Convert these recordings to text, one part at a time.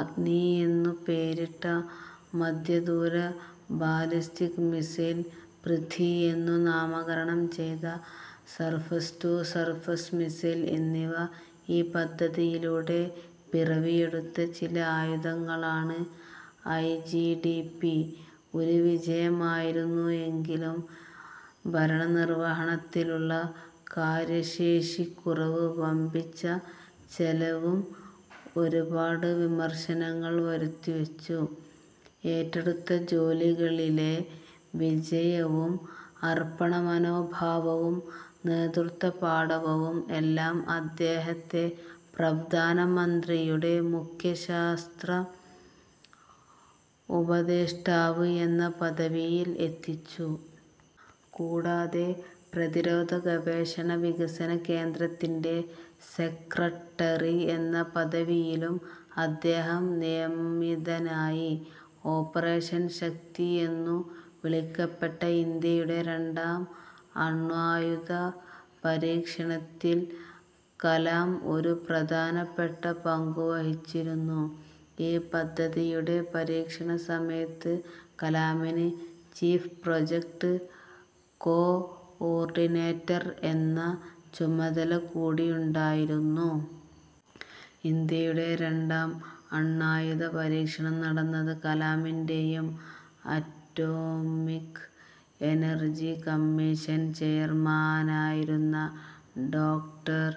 അഗ്നി എന്നു പേരിട്ട മധ്യദൂര ബാലിസ്റ്റിക് മിസൈൽ, പൃഥി എന്നു നാമകരണം ചെയ്ത സർഫസ്-ടു-സർഫസ് മിസൈൽ എന്നിവ ഈ പദ്ധതിയിലൂടെ പിറവിയെടുത്ത ചില ആയുധങ്ങളാണ്. ഐ. ജി. ഡി. പി ഒരു വിജയമായിരുന്നു എങ്കിലും, ഭരണനിർവ്വഹണത്തിലുള്ള കാര്യശേഷിക്കുറവും, വമ്പിച്ച ചെലവും ഒരുപാട് വിമർശനങ്ങൾ വരുത്തിവെച്ചു. ഏറ്റെടുത്ത ജോലികളിലെ വിജയവും അർപ്പണമനോഭാവവും നേതൃത്വപാടവവും എല്ലാം അദ്ദേഹത്തെ പ്രധാനമന്ത്രിയുടെ മുഖ്യ ശാസ്ത്ര ഉപദേഷ്ടാവ് എന്ന പദവിയിൽ എത്തിച്ചു. കൂടാതെ പ്രതിരോധ ഗവേഷണ വികസന കേന്ദ്രത്തിന്റെ സെക്രട്ടറി എന്ന പദവിയിലും അദ്ദേഹം നിയമിതനായി. ഓപ്പറേഷൻ ശക്തി എന്നു വിളിക്കപ്പെട്ട ഇന്ത്യയുടെ രണ്ടാം അണ്വായുധ പരീക്ഷണത്തിൽ കലാം ഒരു പ്രധാനപ്പെട്ട പങ്കു വഹിച്ചിരുന്നു. ഈ പദ്ധതിയുടെ പരീക്ഷണസമയത്ത് കലാമിന് ചീഫ് പ്രൊജക്ട് കോ-ഓർഡിനേറ്റർ എന്ന ചുമതല കൂടിയുണ്ടായിരുന്നു. ഇന്ത്യയുടെ രണ്ടാം അണ്വായുധ പരീക്ഷണം നടന്നത് കലാമിന്റേയും അറ്റോമിക് എനർജി കമ്മീഷൻ ചെയർമാനായിരുന്ന ഡോക്ടർ.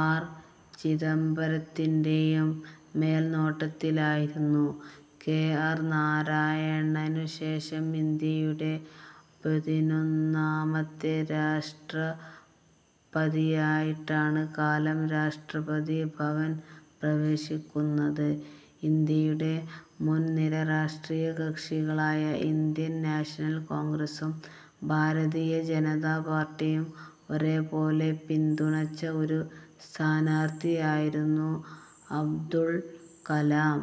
ആർ. ചിദംബരത്തിന്റേയും മേൽനോട്ടത്തിലായിരുന്നു. കെ. ആർ. നാരായണനുശേഷം ഇന്ത്യയുടെ പതിനൊന്നാമത്തെ രാഷ്ട്രപതിയായിട്ടാണ് കാലം രാഷ്ട്രപതി ഭവനിൽ പ്രവേശിക്കുന്നത്. ഇന്ത്യയുടെ മുൻനിര രാഷ്ട്രീയകക്ഷികളായ ഇന്ത്യൻ നാഷണൽ കോൺഗ്രസ്സും ഭാരതീയ ജനതാ പാർട്ടിയും ഒരേ പോലെ പിന്തുണച്ച ഒരു സ്ഥാനാർത്ഥിയായിരുന്നു അബ്ദുൾ കലാം.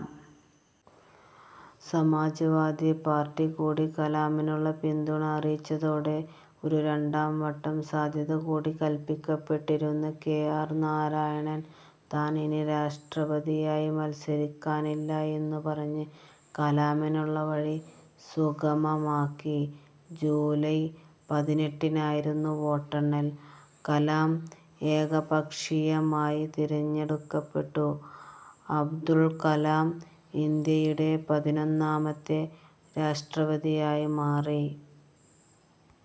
സമാജ് വാദി പാർട്ടി കൂടി കലാമിനുള്ള പിന്തുണ അറിയിച്ചതോടെ ഒരു രണ്ടാംവട്ടം സാധ്യത കൂടി കല്പിക്കപ്പെട്ടിരുന്ന കെ. ആർ. നാരായണൻ താൻ ഇനി രാഷ്ട്രപതിയായി മത്സരിക്കാനില്ല എന്നു പറഞ്ഞ് കലാമിനുള്ള വഴി സുഗമമാക്കി. ജൂലൈ പതിനെട്ടിനായിരുന്നു വോട്ടെണ്ണൽ. കലാം ഏകപക്ഷീയമായി തിരഞ്ഞെടുക്കപ്പെട്ടു. അബ്ദുൾ കലാം ഇന്ത്യയുടെ പതിനൊന്നാമത്തെ രാഷ്ട്രപതിയായി മാറി.